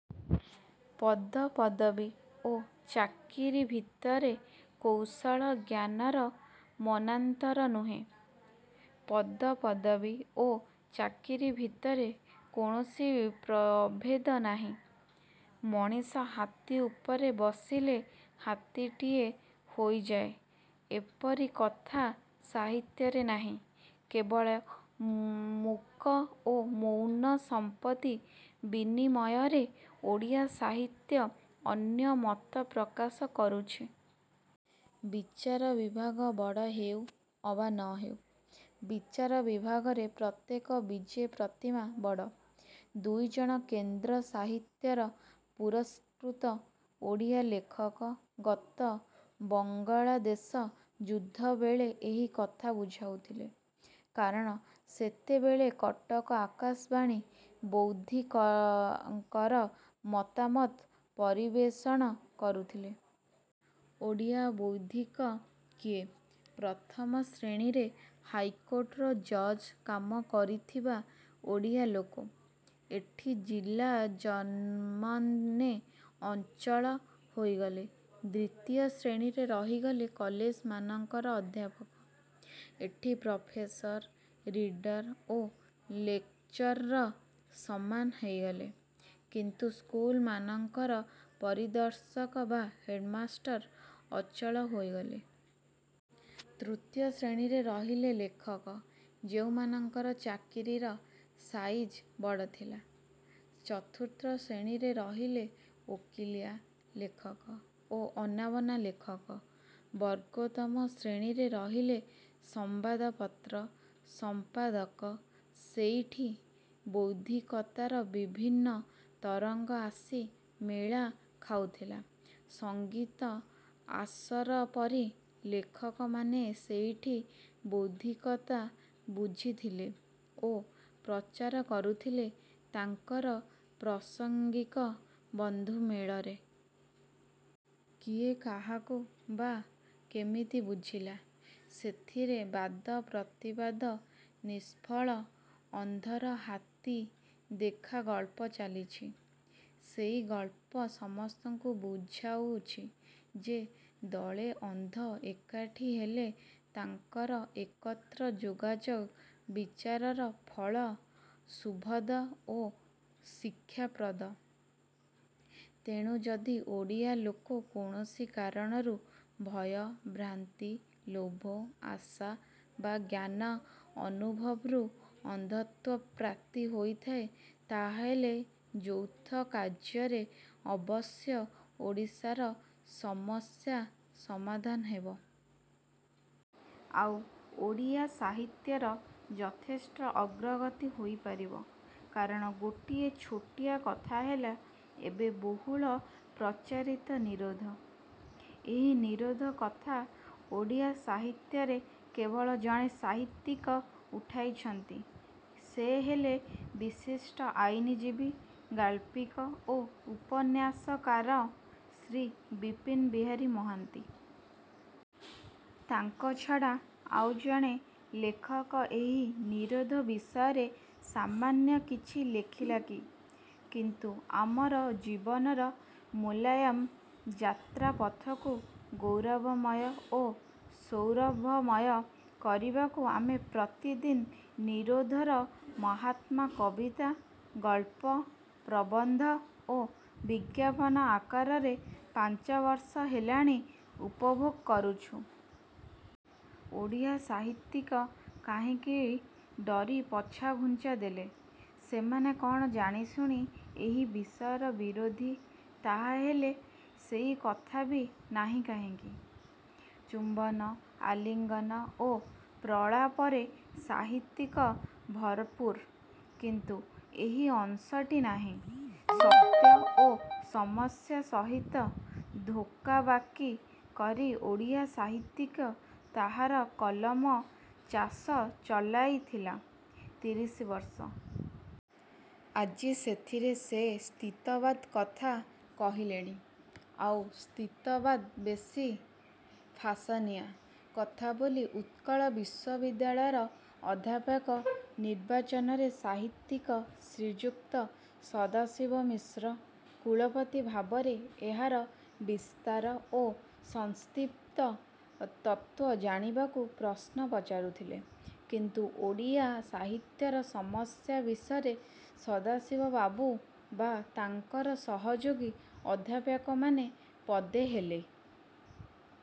ପଦ ପଦବୀ ଓ ଚାକିରି ଭିତରେ କୌଶଳ ଜ୍ଞାନର ନାମାନ୍ତର ନୁହେଁ। ପଦ ପଦବୀ ଓ ଚାକିରି ଭିତରେ କୌଣସି ପ୍ରଭେଦ ନାହିଁ। ମଣିଷ ହାତୀ ଉପରେ ବସିଲେ ହାତୀଟିଏ ହେଇଯାଏ ଏପରି କଥା ସାହିତ୍ୟରେ ନାହିଁ। କେବଳ ମୂକ ଓ ମୌନ ସମ୍ମତି ବିନିମୟରେ ଓଡ଼ିଆ ସାହିତ୍ୟ ଅନ୍ୟ ମତ ପ୍ରକାଶ କରୁଛି। ବିଚାର ବିଭାଗ ବଡ଼ ହେଉ ଅବା ନ ହେଉ ବିଚାର ବିଭାଗରେ ପ୍ରତ୍ୟେକ ବିଜେ ପ୍ରତିମା ବଡ଼। ଦୁଇଜଣ କେନ୍ଦ୍ର ସାହିତ୍ୟର ପୁରସ୍କୃତ ଓଡ଼ିଆ ଲେଖକ ଗତ ବାଙ୍ଗଲାଦେଶ ଯୁଦ୍ଧବେଳେ ଏହି କଥା ବୁଝାଉଥିଲେ। କାରଣ ସେତେବେଳେ କଟକ ଆକାଶବାଣୀ ବୌଦ୍ଧିକଙ୍କର ମତାମତ ପରିବେଷଣ କରୁଥିଲା। ଓଡ଼ିଆ ବୌଦ୍ଧିକ କିଏ? ପ୍ରଥମ ଶ୍ରେଣୀରେ ହାଇକୋଟର ଜଜ୍ କାମ କରିଥିବା ଓଡ଼ିଆ ଲୋକ। ଏଠି ଜିଲା ଜଜ୍ମାନେ ଅଚଳ ହେଇଗଲେ। ଦ୍ୱିତୀୟ ଶ୍ରେଣୀରେ ରହିଲେ କଲେଜମାନଙ୍କର ଅଧ୍ୟାପକ। ଏଠି ପ୍ରଫେସର, ରିଡ଼ର ଓ ଲେକଚରର ସମାନ ହେଇଗଲେ। କିନ୍ତୁ ସ୍କୁଲମାନଙ୍କର ପରିଦର୍ଶକ ବା ହେଡ଼ମାଷ୍ଟର ଅଚଳ ହେଇଗଲେ। ତୃତୀୟ ଶ୍ରେଣୀରେ ରହିଲେ ଲେଖକ–ଯେଉଁମାନଙ୍କର ଚାକିରିର ସାଇଜ ବଡ଼ ଥିଲା। ଚତୁର୍ଥ ଶ୍ରେଣୀରେ ରହିଲେ ଓକିଲିଆ ଲେଖକ ଓ ଅନାବନା ଲେଖକ। ବର୍ଗୋତ୍ତମ ଶ୍ରେଣୀରେ ରହିଲେ ସଂବାଦପତ୍ର ସଂପାଦକ। ସେଇଠି ବୌଦ୍ଧିକତାର ବିଭିନ୍ନ ତରଙ୍ଗ ଆସି ମେଳ ଖାଉଥିଲା–ସଙ୍ଗୀତ ଆସର ପରି। ଲେଖକମାନେ ସେଇଠି ବୌଦ୍ଧିକତା ବୁଝିଥିଲେ ଓ ପ୍ରଚାର କରୁଥିଲେ ତାଙ୍କର ପ୍ରାସଙ୍ଗିକ ବନ୍ଧୁମେଳରେ। କିଏ କାହାକୁ କ'ଣ ବା କେମିତି ବୁଝିଲା–ସେଥିରେ ବାଦ ପ୍ରତିବାଦ ନିଷ୍ଫଳ। ଅନ୍ଧର ହାତୀ ଦେଖା ଗଳ୍ପ ଚାଲିଛି। ସେଇ ଗଳ୍ପ ସମସ୍ତଙ୍କୁ ବୁଝାଉଛି ଯେ ଦଳେ ଅନ୍ଧ ଏକାଠି ହେଲେ ତାଙ୍କର ଏକତ୍ର ଯୋଗାଯୋଗ ବିଚାରର ଫଳ ଶୁଭଦ ଓ ଶିକ୍ଷାପ୍ରଦ। ତେଣୁ ଯଦି ଓଡ଼ିଆ ଲେଖକ କୌଣସି କାରଣରୁ–ଭୟ, ଭ୍ରାନ୍ତି, ଲୋଭ, ଆଶା ବା ଜ୍ଞାନ ଅନୁଭବରୁ ଅନ୍ଧତ୍ୱ ପ୍ରାପ୍ତି ହୋଇଥାଏ ତାହାହେଲେ ଯୌଥ କାର୍ଯ୍ୟରେ ଅବଶ୍ୟ ଓଡ଼ିଶାର ସମସ୍ୟା ସମାଧାନ ହେବ। ଆଉ ଓଡ଼ିଆ ସାହିତ୍ୟର ଯଥେଷ୍ଟ ଅଗ୍ରଗତି ହେଇପାରିବ। କାରଣ ଗୋଟିଏ ଛୋଟିଆ କଥା ହେଲା–ଏବେ ବହୁଳ ପ୍ରଚାରିତ ନିରୋଧ। ଏହି ନିରୋଧ କଥା ଓଡ଼ିଆ ସାହିତ୍ୟରେ କେବଳ ଜଣେ ସାହିତ୍ୟିକ ଉଠାଇଛନ୍ତି–ସେ ହେଲେ ବିଶିଷ୍ଟ ଆଇନଜୀବୀ ଗାଳ୍ପିକ ଓ ଉପନ୍ୟାସକାର ଶ୍ରୀ ବିପିନ ବିହାରୀ ମହାନ୍ତି। ତାଙ୍କ ଛଡ଼ା ଆଉ ଜଣେ ଲେଖକ ଏହି ନିରୋଧ ବିଷୟରେ ସାମାନ୍ୟ କିଛି ଲେଖିଲା କି? କିନ୍ତୁ ଆମର ଜୀବନର ମୋଲାଏମ୍ ଯାତ୍ରାପଥକୁ ଗୌରବମୟ ଓ ସୌରଭମୟ କରିବାକୁ ଆମେ ପ୍ରତିଦିନ ନିରୋଧର ମାହାତ୍ମ୍ୟ କବିତା, ଗଳ୍ପ, ପ୍ରବନ୍ଧ ଓ ବିଜ୍ଞାପନ ଆକାରରେ ପାଞ୍ଚବର୍ଷ ହେଲାଣି ଉପଭୋଗ କରୁଛୁ। ଓଡ଼ିଆ ସାହିତ୍ୟିକ କାହିଁକି ଡରି ପଛଘୁଞ୍ଚା ଦେଲେ? ସେମାନେ କ'ଣ ଜାଣିଶୁଣି ଏହି ବିଷୟର ବିରୋଧୀ। ତାହାହେଲେ ସେଇକଥା ବି ନାହିଁ କାହିଁକି? ଚୁମ୍ବନ, ଆଲିଙ୍ଗନ ଓ ପ୍ରଳାପରେ ସାହିତ୍ୟ ଭରପୁର। କିନ୍ତୁ ଏହି ଅଂଶଟି ନାହିଁ। ସତ୍ୟ ଓ ସମସ୍ୟା ସହିତ ଧୋକାବାଜି କରି ଓଡ଼ିଆ ସାହିତ୍ୟିକ ତାହାର କଲମ ଚାଷ ଚଳାଇଥିଲା ତିରିଶିବର୍ଷ। ଆଜି ସେଥିରେ ସେ ସ୍ଥିତିବାଦ କଥା କହିଲାଣି। ଆଉ ସ୍ଥିତିବାଦ ବେଶ୍ ଫେସନିଆ କଥାବୋଲି ଉତ୍କଳ ବିଶ୍ୱବିଦ୍ୟାଳୟର ଅଧ୍ୟାପକ ନିର୍ବାଚନରେ ସାହିତ୍ୟିକ ଶ୍ରୀଯୁକ୍ତ ସଦାଶିବ ମିଶ୍ର କୁଳପତି ଭାବରେ ଏହାର ବିସ୍ତାରିତ ଓ ସଂକ୍ଷିପ୍ତ ତତ୍ତ୍ୱ ଜାଣିବାକୁ ପ୍ରଶ୍ନ ପଚାରୁଥିଲେ-। କିନ୍ତୁ ଓଡ଼ିଆ ସାହିତ୍ୟର ସମସ୍ୟା ବିଷୟରେ ସଦାଶିବବାବୁ ବା ତାଙ୍କାର ସହଯୋଗୀ ଅଧ୍ୟାପକମାନେ ପଦେ ହେଲେ